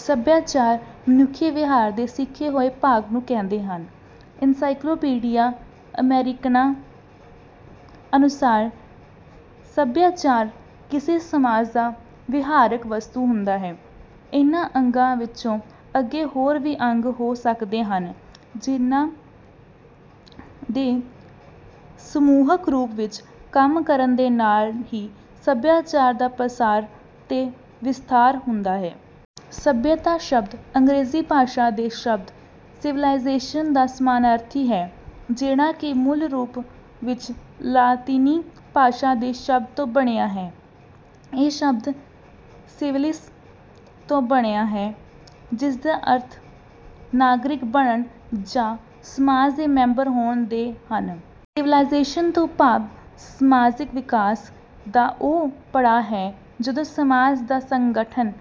ਸਭਿਆਚਾਰ ਮਨੁੱਖੀ ਵਿਹਾਰ ਦੇ ਸਿੱਖੇ ਹੋਏ ਭਾਗ ਨੂੰ ਕਹਿੰਦੇ ਹਨ। ਐਨਸਾਈਕਲੋਪੀਡੀਆ ਅਮੈਰਿਕਨਾ ਅਨੁਸਾਰ ਸਭਿਆਚਾਰ ਕਿਸੇ ਸਮਾਜ ਦਾ ਵਿਹਾਰਕ ਵਸਤੂ ਹੁੰਦਾ ਹੈ। ਇਹਨਾਂ ਅੰਗਾਂ ਵਿੱਚੋਂ ਅੱਗੇ ਹੋਰ ਵੀ ਅੰਗ ਹੋ ਸਕਦੇ ਹਨ ਜਿਹਨਾਂ ਦੇ ਸਮੂਹਿਕ ਰੂਪ ਵਿੱਚ ਕੰਮ ਕਰਨ ਦੇ ਨਾਲ ਹੀ ਸਭਿਆਚਾਰ ਦਾ ਪਸਾਰ ਤੇ ਵਿਸਥਾਰ ਹੁੰਦਾ ਹੈ। ਸਭਿਅਤਾ ਸ਼ਬਦ ਅੰਗਰੇਜ਼ੀ ਭਾਸ਼ਾ ਦੇ ਸ਼ਬਦ 'ਸਿਵਿਲਾਈਜ਼ੇਸ਼ਨ' ਦਾ ਸਮਾਨਰਥੀ ਹੈ, ਜਿਹੜਾ ਕਿ ਮੂਲ ਰੂਪ ਵਿੱਚ ਲਾਤੀਨੀ ਭਾਸ਼ਾ ਦੇ ਸ਼ਬਦ ਤੋਂ ਬਣਿਆ ਹੈ। ਇਹ ਸ਼ਬਦ 'ਸਿਵਲਿਸ' ਤੋਂ ਬਣਿਆ ਹੈ, ਜਿਸਦੇ ਅਰਥ ਨਾਗਰਿਕ ਬਣਨ ਜਾਂ ਸਮਾਜ ਦੇ ਮੈਂਬਰ ਹੋਣ ਦੇ ਹਨ। ਸਿਵਿਲਾਈਜ਼ੇਸ਼ਨ ਤੋਂ ਭਾਵ ਸਮਾਜਕ ਵਿਕਾਸ ਦਾ ਉਹ ਪੜਾਅ ਹੈ ਜਦੋਂ ਸਮਾਜ ਦਾ ਸੰਗਠਨ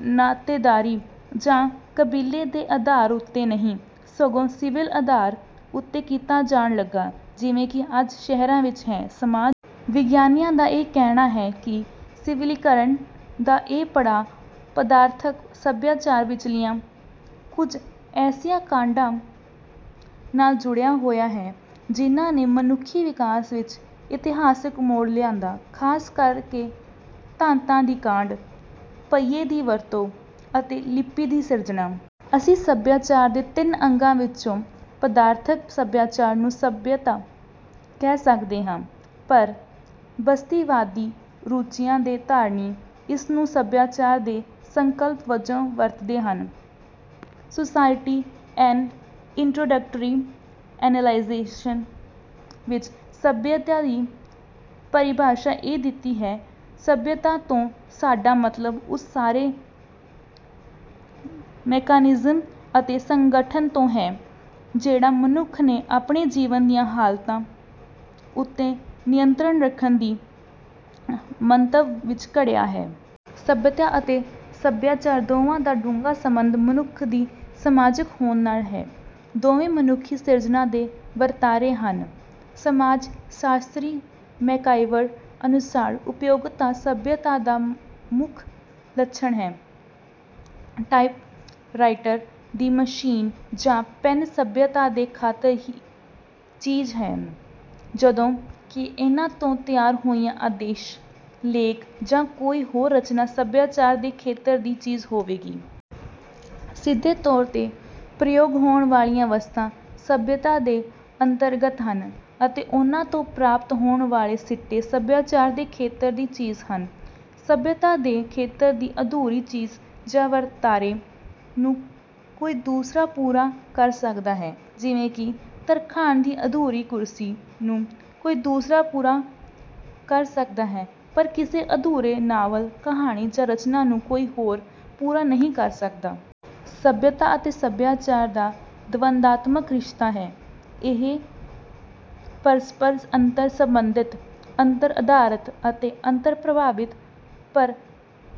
ਨਾਤੇਦਾਰੀ ਜਾਂ ਕਬੀਲੇ ਦੇ ਆਧਾਰ ਉੱਤੇ ਨਹੀਂ, ਸਗੋਂ ਸਿਵਿਲ ਆਧਾਰ ਉੱਤੇ ਕੀਤਾ ਜਾਣ ਲੱਗਾ, ਜਿਵੇਂ ਕਿ ਅੱਜ ਸ਼ਹਿਰਾਂ ਵਿੱਚ ਹੈ। ਸਮਾਜ ਵਿਗਿਆਨੀਆਂ ਦਾ ਇਹ ਕਹਿਣਾ ਹੈ ਕਿ ਸਿਵਿਲੀਕਰਨ ਦਾ ਇਹ ਪੜਾਅ ਪਦਾਰਥਕ ਸਭਿਆਚਾਰ ਵਿੱਚਲੀਆਂ ਕੁਝ ਐਸੀਆਂ ਕਾਢਾਂ ਨਾਲ ਜੁੜਿਆ ਹੋਇਆ ਹੈ, ਜਿਹਨਾਂ ਨੇ ਮਨੁੱਖੀ ਵਿਕਾਸ ਵਿੱਚ ਇਤਿਹਾਸਕ ਮੋੜ ਲਿਆਂਦਾ, ਖ਼ਾਸ ਕਰ ਕੇ ਧਾਤਾਂ ਦੀ ਕਾਢ, ਪਹੀਏ ਦੀ ਵਰਤੋਂ ਅਤੇ ਲਿਪੀ ਦੀ ਸਿਰਜਣਾ। ਅਸੀਂ ਸਭਿਆਚਾਰ ਦੇ ਤਿੰਨ ਅੰਗਾਂ ਵਿੱਚੋਂ ਪਦਾਰਥਕ ਸਭਿਆਚਾਰ ਨੂੰ ਸੱਭਿਅਤਾ ਕਹਿ ਸਕਦੇ ਹਾਂ, ਪਰ ਬਸਤੀਵਾਦੀ ਰੂਚੀਆਂ ਦੇ ਧਾਰਨੀ ਇਸ ਨੂੰ ਸਭਿਆਚਾਰ ਦੇ ਸੰਕਲਪ ਵਜੋਂ ਵਰਤਦੇ ਹਨ। ਸੁਸਾਇਟੀ, ਐਨ ਇੰਟਰੋਡਕਟਰੀ ਅਨੈਲਿਸਿਜ਼' ਵਿੱਚ ਸਭਿਅਤਾ ਦੀ ਪਰਿਭਾਸ਼ਾ ਇਹ ਦਿੱਤੀ ਹੈ ਸਭਿਅਤਾ ਤੋਂ ਸਾਡਾ ਮਤਲਬ ਉਸ ਸਾਰੇ ਮੈਕਾਨਿਜ਼ਮ ਅਤੇ ਸੰਗਠਨ ਤੋਂ ਹੈ, ਜਿਹੜਾ ਮਨੁੱਖ ਨੇ ਆਪਣੇ ਜੀਵਨ ਦੀਆਂ ਹਾਲਤਾਂ ਉੱਤੇ ਨਿਯੰਤਰਣ ਰੱਖਣ ਦੇ ਮੰਤਵ ਵਿਚ ਘੜਿਆ ਹੈ। ਸਭਿਅਤਾ ਅਤੇ ਸਭਿਆਚਾਰ ਦੋਵਾਂ ਦਾ ਡੂੰਘਾ ਸੰਬੰਧ ਮਨੁੱਖ ਦੀ ਸਮਾਜਿਕ ਹੋਂਦ ਨਾਲ ਹੈ। ਦੋਵੇਂ ਮਨੁੱਖੀ ਸਿਰਜਨਾ ਦੇ ਵਰਤਾਰੇ ਹਨ। ਸਮਾਜ ਸ਼ਾਸਤਰੀ ਮੈਕਾਈਵਰ ਅਨੁਸਾਰ ਉਪਯੋਗਤਾ ਸਭਿਅਤਾ ਦਾ ਮੁੱਖ ਲੱਛਣ ਹੈ। ਟਾਇਪ ਰਾਈਟਰ ਦੀ ਮਸ਼ੀਨ ਜਾਂ ਪੈਨ ਸਭਿਅਤਾ ਦੇ ਖੇਤਰ ਦੀ ਚੀਜ਼ ਹਨ ਜਦੋਂ ਕਿ ਇਹਨਾਂ ਤੋਂ ਤਿਆਰ ਹੋਇਆ ਆਦੇਸ਼ ਲੇਖ ਜਾਂ ਕੋਈ ਹੋਰ ਰਚਨਾ ਸਭਿਆਚਾਰ ਦੇ ਖੇਤਰ ਦੀ ਚੀਜ਼ ਹੋਵੇਗੀ। ਸਿੱਧੇ ਤੌਰ ਤੇ ਪ੍ਰਯੋਗ ਹੋਣ ਵਾਲੀਆਂ ਵਸਤਾਂ ਸਭਿਅਤਾ ਦੇ ਅੰਤਰਗਤ ਹਨ ਅਤੇ ਉਨ੍ਹਾਂ ਤੋਂ ਪ੍ਰਾਪਤ ਹੋਣ ਵਾਲੇ ਸਿੱਟੇ ਸਭਿਆਚਾਰ ਦੇ ਖੇਤਰ ਦੀ ਚੀਜ਼ ਹਨ। ਸਭਿਅਤਾ ਦੇ ਖੇਤਰ ਦੀ ਅਧੂਰੀ ਚੀਜ਼ ਜਾਂ ਵਰਤਾਰੇ ਨੂੰ ਕੋਈ ਦੂਸਰਾ ਪੂਰਾ ਕਰ ਸਕਦਾ ਹੈ ਜਿਵੇਂ ਕਿ ਤਰਖਾਣ ਦੀ ਅਧੂਰੀ ਕੁਰਸੀ ਨੂੰ ਕੋਈ ਦੂਸਰਾ ਪੂਰਾ ਕਰ ਸਕਦਾ ਹੈ, ਪਰ ਕਿਸੇ ਅਧੂਰੇ ਨਾਵਲ, ਕਹਾਣੀ ਜਾਂ ਰਚਨਾ ਨੂੰ ਕੋਈ ਹੋਰ ਪੂਰਾ ਨਹੀਂ ਕਰ ਸਕਦਾ। ਸਭਿਅਤਾ ਅਤੇ ਸਭਿਆਚਾਰ ਦਾ ਦਵੰਦਾਤਮਕ ਰਿਸ਼ਤਾ ਹੈ। ਇਹ ਪਰਸਪਰ ਅੰਤਰ-ਸੰਬੰਧਿਤ, ਅੰਤਰ-ਆਧਾਰਿਤ ਅਤੇ ਅੰਤਰ-ਪ੍ਰਭਾਵਿਤ ਪਰ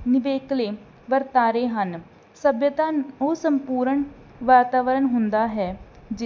ਨਿਵੇਕਲੇ ਵਰਤਾਰੇ ਹਨ। ਸਭਿਅਤਾ ਉਹ ਸੰਪੂਰਨ ਵਾਤਾਵਰਨ ਹੁੰਦਾ ਹੈ ਜਿਸ